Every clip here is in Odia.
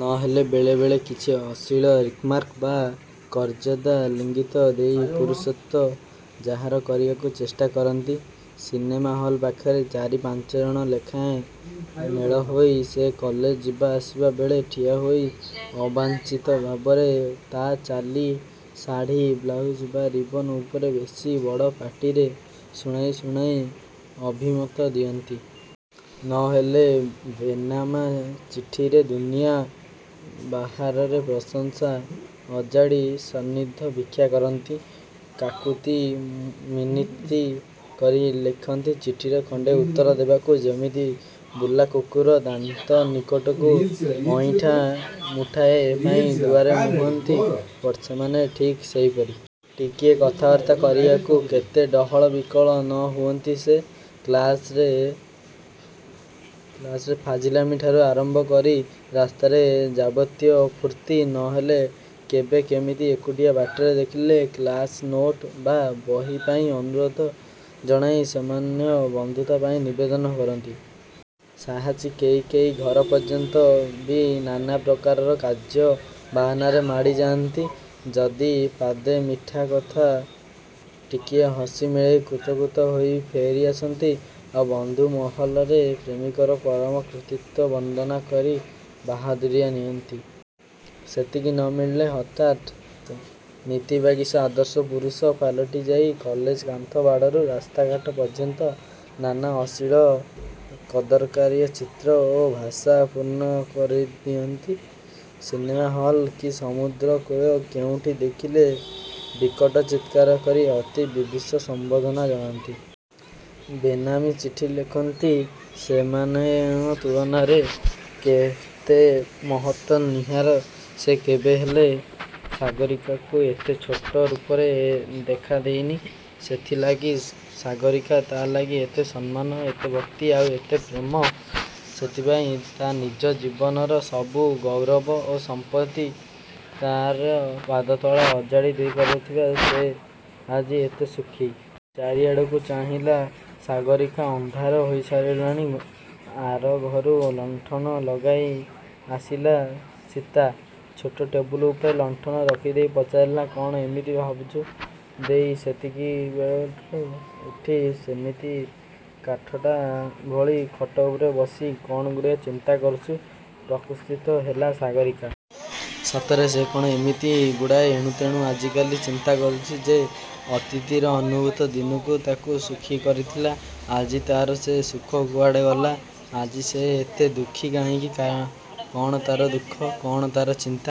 ନ ହେଲେ ବେଳେ ବେଳେ କିଛି ଅଶ୍ଳୀଳ ରିମାର୍କ ବା କଦର୍ଯ୍ୟ ଇଙ୍ଗିତ ଦେଇ ପୁରୁଷତ୍ୱ ଜାହିର୍ କରିବାକୁ ଚେଷ୍ଟା କରନ୍ତି। ସିନେମା ହଲ୍ ପାଖରେ ଚାରି ପାଞ୍ଚ ଜଣ ଲେଖାଏଁ ମେଳହୋଇ, ସେ କଲେଜ ଯିବା ଆସିବା ବେଳେ; ଠିଆହୋଇ ଅବାଞ୍ଛିତ ଭାବରେ ତା' ଚାଲି, ଶାଢ଼ି, ବ୍ଲାଉଜ ବା ରିବନ୍ ଉପରେ ବେଶ୍ ବଡ଼ ପାଟିରେ ଶୁଣେଇ ଶୁଣେଇ ଅଭିମତ ଦିଅନ୍ତି। ନ ହେଲେ ବେନାମୀ ଚିଠିରେ ଦୁନିଆ ବାହାରର ପ୍ରଶଂସା ଅଜାଡ଼ି, ସାନ୍ନିଧ୍ୟ ଭିକ୍ଷା କରନ୍ତି। କାକୁତି ମିନତି କରି ଲେଖିଥାନ୍ତି ଚିଠିର ଖଣ୍ତେ ଉତ୍ତର ଦେବାକୁ। ଯେମିତି ବୁଲା କୁକୁର ଦାନ୍ତ ନିକୁଟି ଅଇଁଠା ମୁଠାଏ ପାଇଁ ଦୁଆର ମୁହଁରେ ପଡ଼ିଥାଏ। ସେମାନେ ଠିକ୍ ସେହିପରି। ଟିକିଏ କଥାବାର୍ତ୍ତା କରିବାକୁ, କେତେ ଡହଳ ବିକଳ ନ ହୁଅନ୍ତି ସତେ? କ୍ଲାସରେ ଫାଜିଲାମିଠାରୁ ଆରମ୍ଭ କରି, ରାସ୍ତାରେ ଯାବତୀୟ ଫୁର୍ତ୍ତି। ନ ହେଲେ କେବେ କେମିତି ଏକୁଟିଆ ବାଟରେ ଦେଖିଲେ କ୍ଲାସ୍-ନୋଟ୍ ବା ବହିପାଇଁ ଅନୁରୋଧ ଜଣାଇ ସାମାନ୍ୟ ବନ୍ଧୁତା ପାଇଁ ନିବେଦନ କରନ୍ତି। ସାହସୀ କେହି କେହି ଘର ପର୍ଯ୍ୟନ୍ତ ବି ନାନା ପ୍ରକାର କାର୍ଯ୍ୟ ବାହାନାରେ ମାଡ଼ି ଯାଆନ୍ତି। ଯଦି ପଦେ ମିଠା କଥା, ଟିକିଏ ହସ ମିଳେ କୃତକୃତ୍ୟ ହୋଇ ଫେରି ଆସନ୍ତି; ଆଉ ବନ୍ଧୁ ମହଲରେ ପ୍ରେମିକର ପରମ କୃତିତ୍ୱ ବର୍ଣ୍ଣନା କରି ବାହାଦୁରି ନିଅନ୍ତି। ସେତିକି ନ ମିଳିଲେ ହଠାତ୍ ନୀତିବାଗୀଶ ଆଦର୍ଶ ପୁରୁଷ ପାଲଟି ଯାଇ କଲେଜ କାନ୍ଥ ବାଡ଼ଠାରୁ ରାସ୍ତାଘାଟ ପର୍ଯ୍ୟନ୍ତ ନାନା ଅଶ୍ଳୀଳ କଦାକାର ଚିତ୍ର ଓ ଭାଷାରେ ପୂର୍ଣ୍ଣ କରି ଦିଅନ୍ତି। ସିନେମା ହଲ୍ କି ସମୁଦ୍ର କୂଳ କେଉଁଠି ଦେଖିଲେ ବିକଟ ଚିତ୍କାର କରି ଅତି ବୀଭତ୍ସ ସମ୍ୱର୍ଦ୍ଧନା ଜଣାନ୍ତି। ବେନାମୀ ଚିଠି ଲେଖନ୍ତି। ସେଇମାନଙ୍କ ତୁଳନାରେ କେଡ଼େ ମହତ୍ ନୀହାର। ସେ କେବେହେଲେ ସାଗରୀକାକୁ ଏତେ ଛୋଟ ରୂପରେ ଦେଖା ଦେଇନି। ସେଇଥି ଲାଗି ସାଗରୀକାର ତା' ଲାଗି ଏତେ ସମ୍ମାନ, ଏତେ ଭକ୍ତି, ଆଉ ଏତେ ପ୍ରେମ। ସେଇପାଇଁ ତା' ନିଜ ଜୀବନର ସବୁ ଗୌରବ ଓ ସମ୍ପଦ ତାରି ପଦତଳେ ଅଜାଡ଼ି ଦେଇପାରିଥିବାରୁ ସେ ଆଜି ଏତେ ସୁଖୀ। ଚାରିଆଡ଼କୁ ଚାହିଁଲା ସାଗରୀକା। ଅନ୍ଧାର ହୋଇଆସିଲାଣି। ଆରଘରୁ ଲଣ୍ଠନ ଲଗାଇ ଆସିଲା ସୀତା। ଛୋଟ ଟେବୁଲ୍ ଉପରେ ଲଣ୍ଠନ ରଖିଦେଇ ପଚାରିଲା–''କ'ଣ ଏମିତି ଭାବୁଛ ଦେଈ ସେତିକି ବେଳଟାରୁ ଉଠି ସେମିତି କାଠଟା ଭଳି ଖଟ ଉପରେ ବସି କ'ଣ ଗୁଡ଼ାଏ ଚିନ୍ତା କରୁଛ? '' ପ୍ରକୃତିସ୍ଥ ହେଲା ସାଗରୀକା। ସତରେ ସେ କ'ଣ ଏମିତି ଗୁଡ଼ାଏ ଏଣୁତେଣୁ ଆଜିକାଲି ଚିନ୍ତା କରୁଛି। ଯେଉଁ ଅତୀତର ଅନୁଭୂତି ଦିନେ ତାକୁ ସୁଖୀ କରିଥିଲା; ଆଜି ତା'ର ସେ ସୁଖ କୁଆଡ଼େ ଗଲା। ଆଜି ସେ ଏତେ ଦୁଃଖୀ କାହିଁକି? କ'ଣ ତା'ର ଦୁଃଖ? କ'ଣ ତା'ର ଚିନ୍ତା-?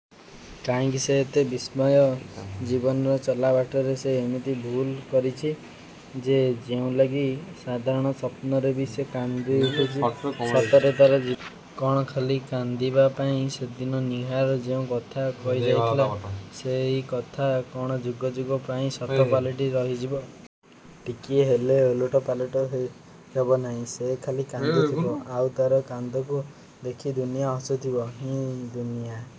କାହିଁକି ସେ ଏତେ ବିମର୍ଷ? ଜୀବନର ଚଲା ବାଟରେ ସେ ଏମିତି କ'ଣ ଭୁଲ୍ କରିଛି ଯେ ଯେଉଁଥିଲାଗି ସାଧାରଣ ସ୍ୱପ୍ନରେ ବି ସେ କାନ୍ଦି ଉଠୁଛି। ସତରେ ତା'ର ଜୀବନ କ'ଣ ଖାଲି କାନ୍ଦିବାର ପାଇଁ? ସେଦିନ ନୀହାର ଯେଉଁ କଥା କହିଯାଇଥିଲା ସେଇ କଥା କ'ଣ ଯୁଗ ଯୁଗ ପାଇଁ ସତ ପାଲଟି ରହିଯିବ। ଟିକିଏ ହେଲେ ଓଲଟ ପାଲଟ ହେବନାହିଁ। ସେ ଖାଲି କାନ୍ଦୁଥିବ–ଆଉ ତା'ର କାନ୍ଦକୁ ଦେଖି ଦୁନିଆ ହସୁଥିବ। ହଁ–ଦୁନିଆକୁ